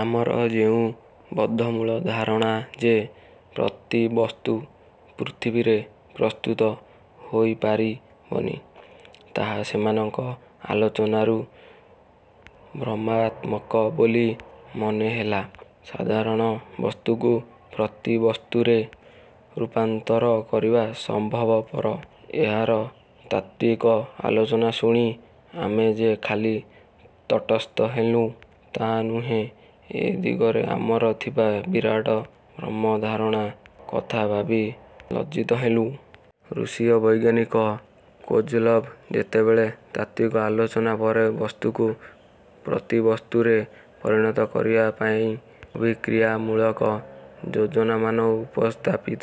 ଆମର ଯେଉଁ ବଦ୍ଧମୂଳ ଧାରଣା ଯେ ପ୍ରତିବସ୍ତୁ ପୃଥିବୀରେ ପ୍ରସ୍ତୁତ ହୋଇପାରିବନି, ତାହା ସେମାନଙ୍କ ଆଲୋଚନାରୁ ଭ୍ରମାତ୍ମକ ବୋଲି ମନେହେଲା। ସାଧାରଣ ବସ୍ତୁକୁ ପ୍ରତିବସ୍ତୁରେ ରୂପାନ୍ତର କରିବା ସମ୍ଭବପର, ଏହାର ତାତ୍ତ୍ୱିକ ଆଲୋଚନା ଶୁଣି ଆମେ ଯେ ଖାଲି ତଟସ୍ଥ ହେଲୁଁ ତା ନୁହେଁ ଏ ଦିଗରେ ଆମର ଥିବା ବିରାଟ ଭ୍ରମଧାରଣା କଥା ଭାବି ଲଜ୍ଜିତ ହେଲୁଁ। ରୁଷୀୟ ବୈଜ୍ଞାନିକ କୋଜୋଲଭ୍ ଯେତେବେଳେ ତାତ୍ତ୍ୱିକ ଆଲୋଚନା ପରେ ବସ୍ତୁକୁ ପ୍ରତିବସ୍ତୁରେ ପରିଣତ କରିବା ପାଇଁ ଅଭିକ୍ରିୟାମୂଳକ ଯୋଜନାମାନ ଉପସ୍ଥାପିତ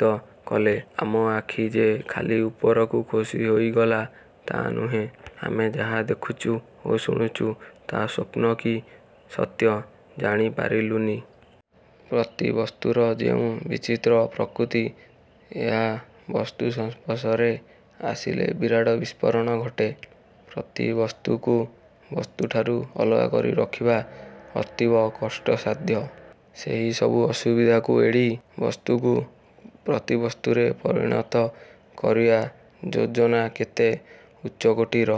କଲେ, ଆମ ଆଖି ଯେ ଖାଲି ଉପରକୁ ଖୋସି ହୋଇଗଲା ତା ନୁହେଁ, ଆମେ ଯାହା ଦେଖୁଛୁ ଓ ଶୁଣୁଛୁ ତାହା ସ୍ୱପ୍ନ କି ସତ୍ୟ ଜାଣି ପାରିଲୁନି। ପ୍ରତିବସ୍ତୁର ଯେଉଁ ବିଚିତ୍ର ପ୍ରକୃତି, ଏହା ବସ୍ତୁସଂସ୍ପର୍ଶରେ ଆସିଲେ ବିରାଟ ବିସ୍ଫୋରଣ ଘଟେ, ପ୍ରତିବସ୍ତୁକୁ ବସ୍ତୁଠାରୁ ଅଲଗା କରି ରଖିବା ଅତୀବ କଷ୍ଟସାଧ୍ୟ; ସେହି ସବୁ ଅସୁବିଧାକୁ ଏଡ଼ି ବସ୍ତୁକୁ ପ୍ରତିବସ୍ତୁରେ ପରିଣତ କରିବା ଯୋଜନା କେତେ ଉଚ୍ଚକୋଟିର,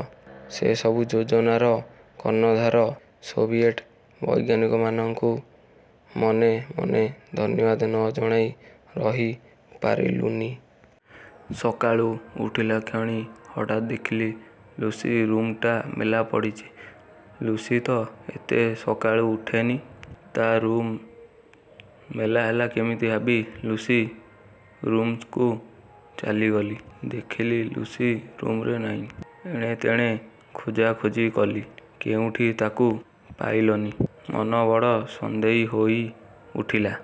ସେସବୁ ଯୋଜନାର କର୍ଣ୍ଣଧାର ସୋଭିୟେଟ୍ ବୈଜ୍ଞାନିକମାନଙ୍କୁ ମନେ ମନେ ଧନ୍ୟବାଦ ନ ଜଣାଇ ରହି ପାରିଲୁନି। ସକାଳୁ ଉଠିଲାକ୍ଷଣି ହଠାତ୍ ଦେଖିଲି ଲୁସି ରୁମ୍ଟା ମେଲା ପଡ଼ିଛି। ଲୁସି ତ ଏତେ ସକାଳୁ ଉଠେନି, ତା'ରୁମ୍ ମେଲାହେଲା କେମିତି ଭାବି ଲୁସି ରୁମ୍କୁ ଚାଲିଗଲି, ଦେଖିଲି ଲୁସି ରୁମରେ ନାହିଁ। ଏଣେତେଣେ ଖୋଜା ଖୋଜି କଲି। କେଉଁଠି ତାକୁ ପାଇଲନି। ମନ ବଡ଼ ସନ୍ଦେହୀ ହୋଇ ଉଠିଲା।